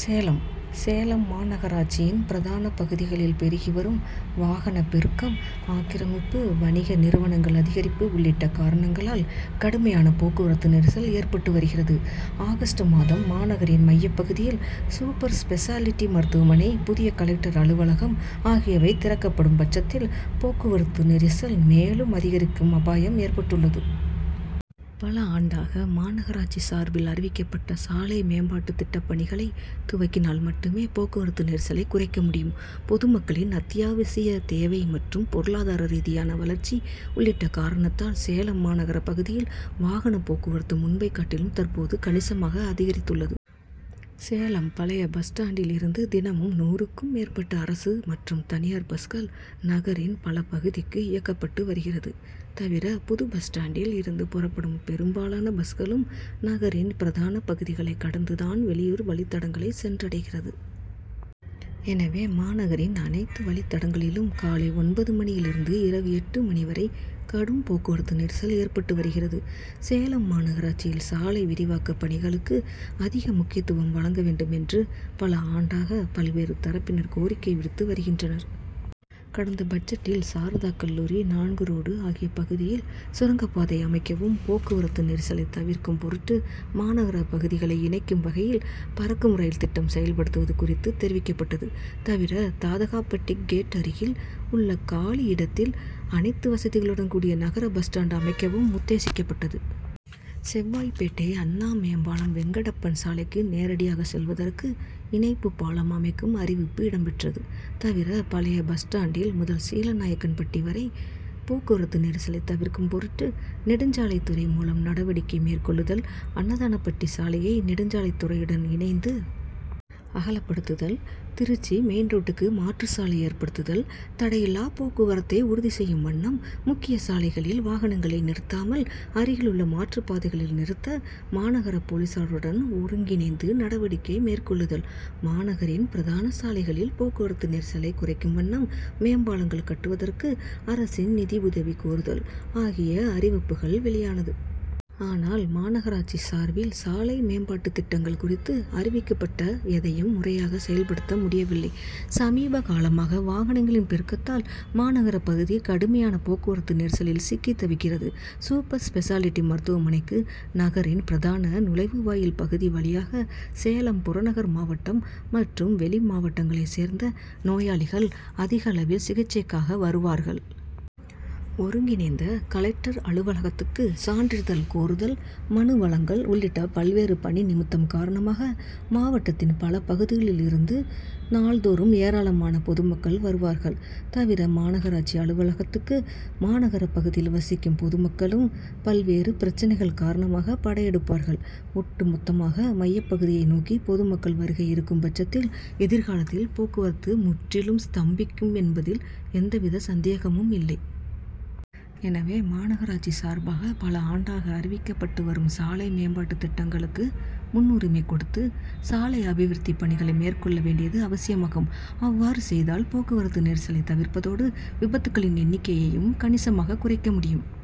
சேலம் சேலம் மாநகராட்சியின் பிரதான பகுதிகளில் பெருகி வரும் வாகன பெருக்கம், ஆக்கிரமிப்பு, வணிக நிறுவனங்கள் அதிகரிப்பு உள்ளிட்ட காரணங்களால் கடுமையான போக்குவரத்து நெரிசல் ஏற்பட்டு வருகிறது. ஆகஸ்ட் மாதம் மாநகரின் மைய பகுதியில் சூப்பர் ஸ்பெஷாலிட்டி மருத்துவமனை, புதிய கலெக்டர் அலுவலகம் ஆகியவை திறக்கப்படும் பட்சத்தில் போக்குவரத்து நெரிசல் மேலும் அதிகரிக்கும் அபாயம் ஏற்பட்டுள்ளது. பல ஆண்டாக மாநகராட்சி சார்பில் அறிவிக்கப்பட்ட சாலை மேம்பாட்டு திட்டப்பணிகளை துவக்கினால் மட்டுமே போக்குவரத்து நெரிசலை குறைக்க முடியும். பொதுமக்களின் அத்தியாவசிய தேவை மற்றும் பொருளாதார ரீதியான வளர்ச்சி உள்ளிட்ட காரணத்தால் சேலம் மாநகர பகுதியில் வாகன போக்குவரத்து முன்பை காட்டிலும் தற்போது கணிசமாக அதிகரித்துள்ளது. சேலம் பழைய பஸ் ஸ்டாண்டில் இருந்து தினமும் நூறு க்கும் மேற்பட்ட அரசு மற்றும் தனியார் பஸ்கள் நகரின் பல பகுதிக்கு இயக்கப்பட்டு வருகிறது. தவிர, புது பஸ் ஸ்டாண்டில் இருந்து புறப்படும் பெரும்பாலான பஸ்களும் நகரின் பிரதான பகுதிகளை கடந்து தான் வெளியூர் வழித்தடங்களை சென்றடைகிறது. எனவே, மாநகரின் அனைத்த வழித்தடங்களிலும் காலை ஒன்பது மணியில் இருந்து இரவு எட்டு மணி வரை கடும் போக்குவரத்து நெரிசல் ஏற்பட்டு வருகிறது. சேலம் மாநகராட்சியில் சாலை விரிவாக்க பணிகளுக்கு அதிக முக்கியத்துவம் வழங்க வேண்டும் என்று பல ஆண்டாக பல்வேறு தரப்பினர் கோரிக்கை விடுத்து வருகின்றனர். கடந்த பட்ஜெட்டில் சாரதா கல்லூரி, நான்கு ரோடு ஆகிய பகுதியில் சுரங்கப்பாதை அமைக்கவும், போக்குவரத்து நெரிசலை தவிர்க்கும் பொருட்டு மாநகர பகுதிகளை இணைக்கும் வகையில் பறக்கும் ரயில் திட்டம் செயல்படுத்துவது குறித்து தெரிவிக்கப்பட்டது. தவிர, தாதகாப்பட்டி கேட் அருகில் உள்ள காலி இடத்தில் அனைத்து வசதிகளுடன் கூடிய நகர பஸ் ஸ்டாண்ட் அமைக்கவும் உத்தேசிக்கப்பட்டது. செவ்வாய்ப்பேட்டை அண்ணா மேம்பாலம்-வெங்கடப்பன் சாலைக்கு நேரடியாக செல்வதற்கு இணைப்பு பாலம் அமைக்கும் அறிவிப்பு இடம் பெற்றது. தவிர, பழைய பஸ் ஸ்டாண்டில் முதல் சீலநாயக்கன்பட்டி வரை போக்குவரத்து நெரிசலை தவிர்க்கும் பொருட்டு நெடுஞ்சாலை துறை மூலம் நடவடிக்கை மேற்கொள்ளுதல், அன்னதானப்பட்டி சாலையை நெடுஞ்சாலை துறையுடன் இணைந்து அகலப்படுத்துல், திருச்சி மெயின் ரோட்டுக்கு மாற்று சாலை ஏற்படுத்துதல், தடையில்லா போக்குவரத்தை உறுதி செய்யும் வண்ணம் முக்கிய சாலைகளில் வாகனங்களை நிறுத்தாமல் அருகில் உள்ள மாற்று பாதைகளில் நிறுத்த மாநகர போலீஸாருடன் ஒருங்கிணைந்து நடவடிக்கை மேற்கொள்ளுதல், மாநகரின் பிரதான சாலைகளில் போக்குவரத்து நெரிசலை குறைக்கும் வண்ணம் மேம்பாலங்கள் கட்டுவதற்கு அரசின் நிதியுதவி கோருதல் ஆகிய அறிவிப்புகள் வெளியானது. ஆனால், மாநகராட்சி சார்பில் சாலை மேம்பாட்டு திட்டங்கள் குறித்து அறிவிக்கப்பட்ட எதையும் முறையாக செயல்படுத்த முடியவில்லை. சமீபகாலமாக வாகனங்களின் பெருக்கத்தால் மாநகர பகுதி கடுமையான போக்குவரத்து நெரிசலில் சிக்கி தவிக்கிறது. சூப்பர் ஸ்பெஷாலிட்டி மருத்துவனைக்கு நகரின் பிரதான நுழைவு வாயில் பகுதி வழியாக சேலம் புறநகர் மாவட்டம் மற்றும் வெளி மாவட்டங்களை சேர்ந்த நோயாளிகள் அதிகளவில் சிகிச்சைக்காக வருவார்கள். ஒருங்கிணைந்த கலெக்டர் அலுவலகத்துக்கு சான்றிதழ் கோருதல், மனு வழங்கல் உள்ளிட்ட பல்வேறு பணி நிமித்தம் காரணமாக, மாவட்டத்தின் பல பகுதிகளில் இருந்து நாள்தோறும் ஏராளமான பொதுமக்கள் வருவார்கள். தவிர, மாநகராட்சி அலுவலகத்துக்கு மாநகர பகுதியில் வசிக்கும் பொதுமக்களும் பல்வேறு பிரச்னைகள் காரணமாக படையெடுப்பார்கள். ஒட்டு மொத்தமாக மைய பகுதியை நோக்கி பொதுமக்கள் வருகை இருக்கும் பட்சத்தில் எதிர்காலத்தில் போக்குவரத்து முற்றிலும் ஸ்தம்பிக்கும் என்பதில் எந்தவித சந்தேகமும் இல்லை. எனவே, மாநகராட்சி சார்பாக பல ஆண்டாக அறிவிக்கப்பட்டு வரும் சாலை மேம்பாட்டு திட்டங்களுக்கு முன்னுரிமை கொடுத்து, சாலை அபிவிருத்தி பணிகளை மேற்கொள்ள வேண்டியது அவசியமாகும். அவ்வாறு செய்தால் போக்குவரத்து நெரிசலை தவிர்ப்பதோடு, விபத்துக்களின் எண்ணிக்கையையும் கணிசமாக குறைக்க முடியும்.